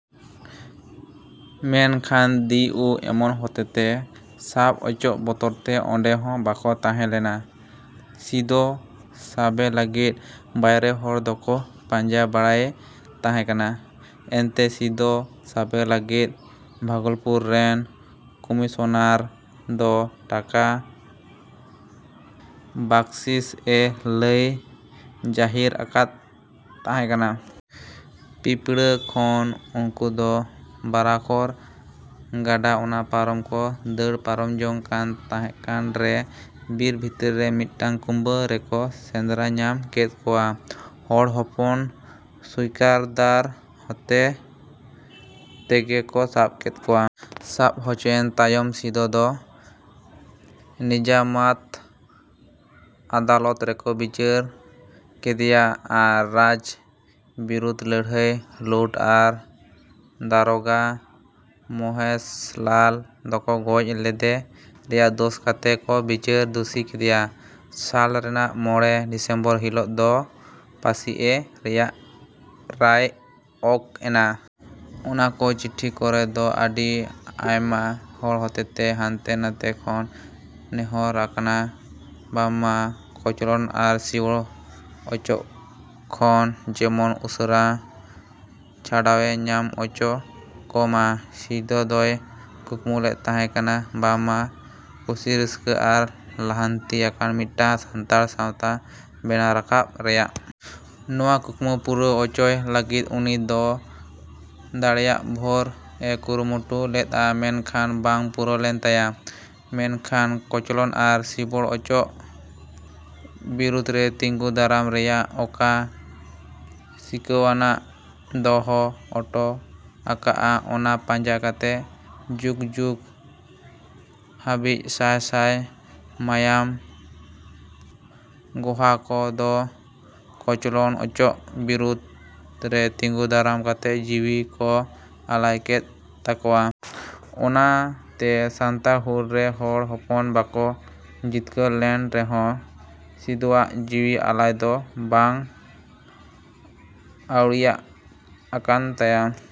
ᱢᱮᱱᱠᱷᱟᱱ ᱫᱤᱩ ᱮᱢᱟᱱ ᱦᱚᱛᱮᱛᱮ ᱥᱟᱵ ᱚᱪᱚᱜ ᱵᱚᱛᱚᱨ ᱛᱮ ᱚᱸᱰᱮ ᱦᱚᱸ ᱵᱟᱠᱚ ᱛᱟᱦᱮᱸ ᱞᱮᱱᱟ᱾ ᱥᱤᱫᱚ ᱥᱟᱵᱮ ᱞᱟᱹᱜᱤᱫ ᱵᱟᱹᱭᱨᱤ ᱦᱚᱲ ᱫᱚᱠᱚ ᱯᱟᱸᱡᱟ ᱵᱟᱲᱟᱭᱮ ᱛᱟᱦᱮᱸ ᱠᱟᱱᱟ᱾ ᱮᱱᱛᱮ ᱥᱤᱫᱚ ᱥᱟᱵᱮ ᱞᱟᱹᱜᱤᱫ ᱵᱷᱟᱜᱚᱞᱯᱩᱨ ᱨᱮᱱ ᱠᱚᱢᱤᱥᱚᱱᱟᱨ ᱫᱚ ᱴᱟᱠᱟ ᱵᱟᱹᱠᱥᱤᱥ ᱮ ᱞᱟᱹᱭ ᱡᱟᱹᱦᱤᱨ ᱟᱠᱟᱫ ᱛᱟᱦᱮᱸ ᱠᱟᱱᱟ᱾ ᱯᱤᱯᱲᱟᱹ ᱠᱷᱚᱱ ᱩᱱᱠᱩ ᱫᱚ ᱵᱟᱨᱟᱠᱚᱨ ᱜᱟᱰᱟ ᱚᱱᱟ ᱯᱟᱨᱚᱢ ᱠᱚ ᱫᱟᱹᱲ ᱯᱟᱨᱚᱢ ᱡᱚᱝ ᱠᱟᱱ ᱛᱟᱦᱮᱸ ᱠᱟᱱ ᱨᱮ ᱵᱤᱨ ᱵᱷᱤᱛᱨᱤ ᱨᱮ ᱢᱤᱫᱴᱟᱝ ᱠᱩᱸᱵᱟᱹ ᱨᱮᱠᱚ ᱥᱮᱸᱫᱽᱨᱟ ᱧᱟᱢ ᱠᱮᱫ ᱠᱚᱣᱟ᱾ ᱦᱚᱲ ᱦᱚᱯᱚᱱ ᱥᱩᱭᱠᱟᱹᱨᱫᱟᱨ ᱦᱚᱛᱮ ᱛᱮᱜᱮ ᱠᱚ ᱥᱟᱵ ᱠᱮᱫ ᱠᱚᱣᱟ᱾ ᱥᱟᱵ ᱚᱪᱚᱭᱮᱱ ᱛᱟᱭᱚᱢ ᱥᱤᱫᱚ ᱫᱚ ᱱᱤᱡᱟᱢᱟᱛ ᱟᱫᱟᱞᱚᱛ ᱨᱮᱠᱚ ᱵᱤᱪᱟᱹᱨ ᱠᱮᱫᱮᱭᱟ ᱟᱨ ᱨᱟᱡᱽ ᱵᱤᱨᱩᱫᱽ ᱞᱟᱹᱲᱦᱟᱹᱭ ᱞᱩᱴ ᱟᱨ ᱫᱟᱨᱚᱜᱟ ᱢᱚᱦᱮᱥᱞᱟᱞ ᱫᱚᱠᱚ ᱜᱚᱡ ᱞᱮᱫᱮ ᱨᱮᱭᱟᱜ ᱫᱳᱥ ᱠᱟᱛᱮ ᱠᱚ ᱵᱤᱪᱟᱹᱨ ᱫᱩᱥᱤ ᱠᱮᱫᱮᱭᱟ᱾ ᱥᱟᱞ ᱨᱮᱭᱟᱜ ᱢᱚᱲᱮ ᱰᱤᱥᱮᱢᱵᱚᱨ ᱦᱤᱞᱚᱜ ᱫᱚ ᱯᱟᱹᱥᱤ ᱮ ᱨᱮᱭᱟᱜ ᱨᱟᱭ ᱚᱠ ᱮᱱᱟ᱾ ᱚᱱᱟ ᱠᱚ ᱪᱤᱴᱷᱤ ᱠᱚᱨᱮ ᱫᱚ ᱟᱹᱰᱤ ᱟᱭᱢᱟ ᱦᱚᱲ ᱦᱚᱛᱮᱛᱮ ᱦᱟᱱᱛᱮ ᱱᱷᱟᱛᱮ ᱠᱷᱚᱱ ᱱᱮᱦᱚᱸᱨ ᱟᱠᱟᱱᱟ ᱵᱟᱝ ᱢᱟ ᱠᱚᱪᱞᱚᱱ ᱟᱨ ᱥᱤᱵᱚᱲ ᱚᱪᱚᱜ ᱠᱷᱚᱱ ᱡᱮᱢᱚᱱ ᱩᱥᱟᱹᱨᱟ ᱪᱷᱟᱰᱟᱣᱮ ᱧᱟᱢ ᱚᱪᱚ ᱠᱚ ᱢᱟ᱾ ᱥᱤᱫᱚ ᱫᱚᱭ ᱠᱩᱠᱢᱩ ᱞᱮᱫ ᱛᱟᱦᱮᱸ ᱠᱟᱱᱟ ᱵᱟᱝ ᱢᱟ ᱠᱩᱥᱤ ᱨᱟᱹᱥᱠᱟᱹ ᱟᱨ ᱞᱟᱦᱟᱱᱛᱤ ᱟᱠᱟᱱ ᱢᱤᱫᱴᱟᱝ ᱥᱟᱱᱛᱟᱲ ᱥᱟᱶᱛᱟ ᱵᱮᱱᱟᱣ ᱨᱟᱠᱟᱵ ᱨᱮᱭᱟᱜ᱾ ᱱᱚᱶᱟ ᱠᱩᱠᱢᱩ ᱯᱩᱨᱟᱹᱣ ᱚᱪᱚᱭ ᱞᱟᱹᱜᱤᱫ ᱩᱱᱤ ᱫᱚ ᱫᱟᱲᱮᱭᱟᱜ ᱵᱷᱳᱨ ᱮ ᱠᱩᱨᱩᱢᱩᱴᱩ ᱞᱮᱫ-ᱟ᱾ ᱢᱮᱱᱠᱷᱟᱱ ᱵᱟᱝ ᱯᱩᱨᱟᱹᱣ ᱞᱮᱱ ᱛᱟᱭᱟ ᱾ᱢᱮᱱᱠᱷᱟᱱ ᱠᱚᱪᱚᱞᱚᱱ ᱟᱨ ᱥᱤᱵᱚᱲ ᱚᱪᱚᱜ ᱵᱤᱨᱩᱫᱽᱨᱮ ᱛᱤᱸᱜᱩ ᱫᱟᱨᱟᱢ ᱨᱮᱭᱟᱜ ᱚᱠᱟ ᱥᱤᱠᱷᱟᱹᱣᱱᱟᱜ ᱫᱚᱦᱚ ᱚᱴᱚ ᱟᱠᱟᱫ-ᱟ ᱚᱱᱟ ᱯᱟᱸᱡᱟ ᱠᱟᱛᱮ ᱡᱩᱜᱽ ᱡᱩᱜᱽ ᱦᱟᱹᱵᱤᱡ ᱥᱟᱹᱭ ᱥᱟᱹᱭ ᱢᱟᱭᱟᱢ ᱜᱚᱦᱟᱠᱚ ᱫᱚ ᱠᱚᱪᱞᱚᱱ ᱚᱪᱚᱜ ᱵᱤᱨᱩᱫᱽ ᱨᱮ ᱛᱤᱸᱜᱩ ᱫᱟᱨᱟᱢ ᱠᱟᱛᱮ ᱡᱤᱣᱤ ᱠᱚ ᱟᱞᱟᱭ ᱠᱮᱫ ᱛᱟᱠᱚᱣᱟ᱾ ᱚᱱᱟᱛᱮ ᱥᱟᱱᱛᱟᱲ ᱦᱩᱞ ᱨᱮ ᱦᱚᱲ ᱦᱚᱯᱚᱱ ᱵᱟᱠᱚ ᱡᱤᱛᱠᱟᱹᱨ ᱞᱮᱱ ᱨᱮᱦᱚᱸ ᱥᱤᱫᱚᱣᱟᱜ ᱡᱤᱣᱤ ᱟᱞᱟᱭ ᱫᱚ ᱵᱟᱝ ᱟᱹᱣᱲᱤᱭᱟᱜ ᱟᱠᱟᱱ ᱛᱟᱭᱟ᱾।